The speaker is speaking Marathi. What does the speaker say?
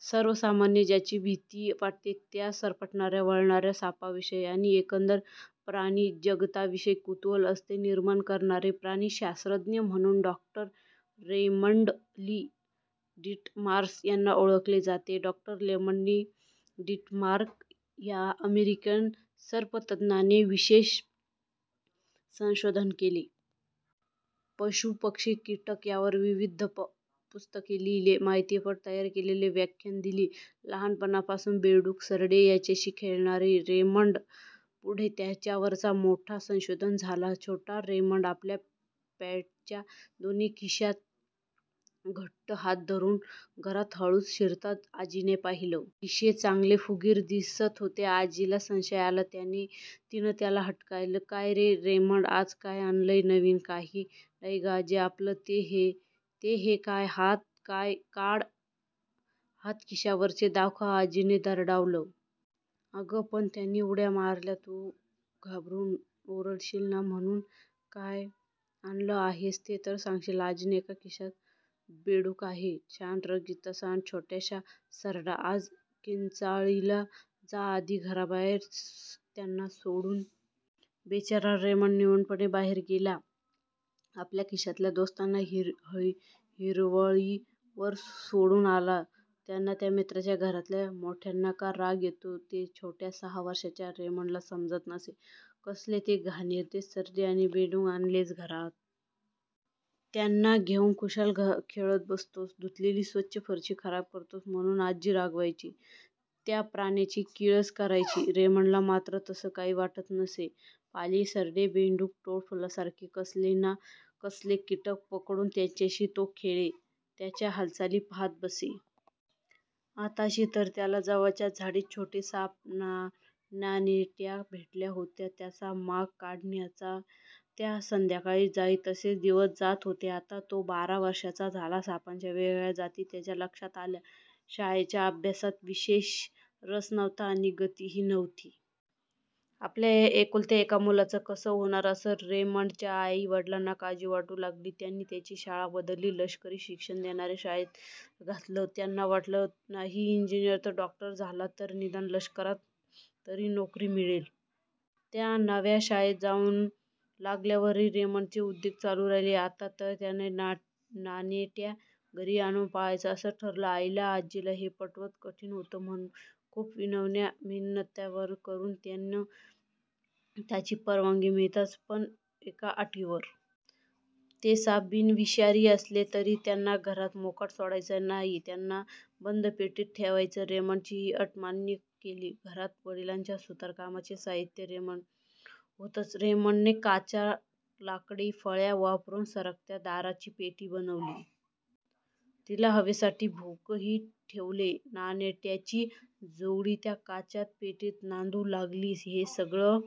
सर्वसामान्यांना ज्याची भीती वाटते त्या सरपटणाऱ्या, वळवळणाऱ्या सापांविषयी आणि एकंदर प्राणी-जगताविषयी कुतूहल, आस्था निर्माण करणारा प्राणी-शास्त्रज्ञ म्हणून डॉ. Raymond Lee. डिटमार्स यांना ओळखले जाते. डॉ. Raymond Lee. डिटमार्स या अमेरिकन सर्पतज्ज्ञाने सर्पांवर विशेष संशोधन केले. पशू-पक्षी-कीटक यांवर विविध पुस्तके लिहिली. माहितीपट तयार केले. व्याख्याने दिली. लहानपणापासून बेडूक, सरडे यांच्याशी खेळणारा रेमण्ड पुढे त्यांच्यावरचा मोठा संशोधक झाला. छोटा रेमण्ड आपल्या पँटच्या दोन्ही खिशांवर घट्ट हात धरून घरात हळूच शिरताना आजीनं पाहिलं. खिसे चांगले फुगीर दिसत होते. आजीला संशय आलाच. तिनं त्याला हटकलंच, 'काय रे रेमण्ड, आज काय आणलंयस नवीन?' 'काही नाही गं आजी... आपलं ते हे...' 'ते हे काय?... काढ हात खिशांवरचे, दाखव,' आजीनं दरडावलं. 'अगं पण त्यांनी उड्या मारल्या तर तू घाबरून ओरडशील ना? म्हणून.' 'काय आणलं आहेस ते तर सांगशील!' 'आजी, एका खिशात बेडूक आहे... छान रंगीतसा अन् दुसऱ्यात छोटा सरडा...' '?' आजी किंचाळलीच. 'जा आधी घराबाहेर- त्यांना सोडून ये.' बिचारा रेमण्ड! निमूटपणे बाहेर गेला. आपल्या खिशातल्या दोस्तांना हिरवळीवर सोडून आला. आपल्या या मित्रांचा घरातल्या मोठ्यांना का राग येतो ते त्या छोट्या सहा वर्षांच्या रेमण्डला समजत नसे. 'कसले ते घाणेरडे सरडे आणि बेडूक आणलेस घरात. त्यांना घेऊन खुशाल खेळत बसतोस... धुतलेली स्वच्छ फरशी खराब करतोस.' म्हणून आजी रागवायची. त्या प्राण्यांची किळस करायची. रेमण्डला मात्र तसं काही वाटत नसे. पाली-सरडे-बेडूक-टोळ-फुलपाखरं-कसले ना कसले कीटक पकडून त्यांच्याशी तो खेळे. त्यांच्या हालचाली पाहात बसे. आताशी तर त्याला जवळच्या झाडीत छोटे साप, नानेट्या भेटल्या होत्या. त्यांचा माग काढण्यात त्याची संध्याकाळ जाई. असेच दिवस जात होते. आता तो बारा वर्षांचा झाला. सापांच्या वेगवेगळ्या जाती त्याच्या लक्षात आल्या. शाळेच्या अभ्यासात त्याला विशेष रस नव्हता आणि गतीही नव्हती. आपल्या या एकुलत्या एका मुलाचं कसं होणार म्हणून रेमण्डच्या आई-वडिलांना काळजी वाटू लागली. त्यांनी त्याची शाळा बदलली. लष्करी शिक्षण देणाऱ्या शाळेत त्याला घातलं. त्यांना वाटलं नाही इंजिनिअर, डॉक्टर झाला तर निदान लष्करात तरी नोकरी मिळेल. त्या नव्या शाळेत जाऊ लागल्यावरही रेमण्डचे उद्योग चालूच राहिले. आता तर त्यानं नानेट्या घरी आणून पाळायच्या असं ठरवलं. आईला, आजीला हे पटवणं कठीणच होतं. खूप विनवण्या, मिन्नतवाऱ्या करून त्यानं त्यांची परवानगी मिळवलीच. पण एका अटीवर. ते साप बिनविषारी असले तरी त्यांना घरात मोकाट सोडायचं नाही. त्यांना बंद पेटीतच ठेवायचं. रेमण्डने ती अट मान्य केली. घरात वडिलांचं सुतारकामाचं साहित्य होतंच. रेमण्डने काचा, लाकडी फळ्या वापरून सरकत्या दाराची पेटी बनवली. तिला हवेसाठी भोकंही ठेवली. नानेट्यांची जोडी त्या काचेच्या पेटीत नांदू लागली. हे सगळं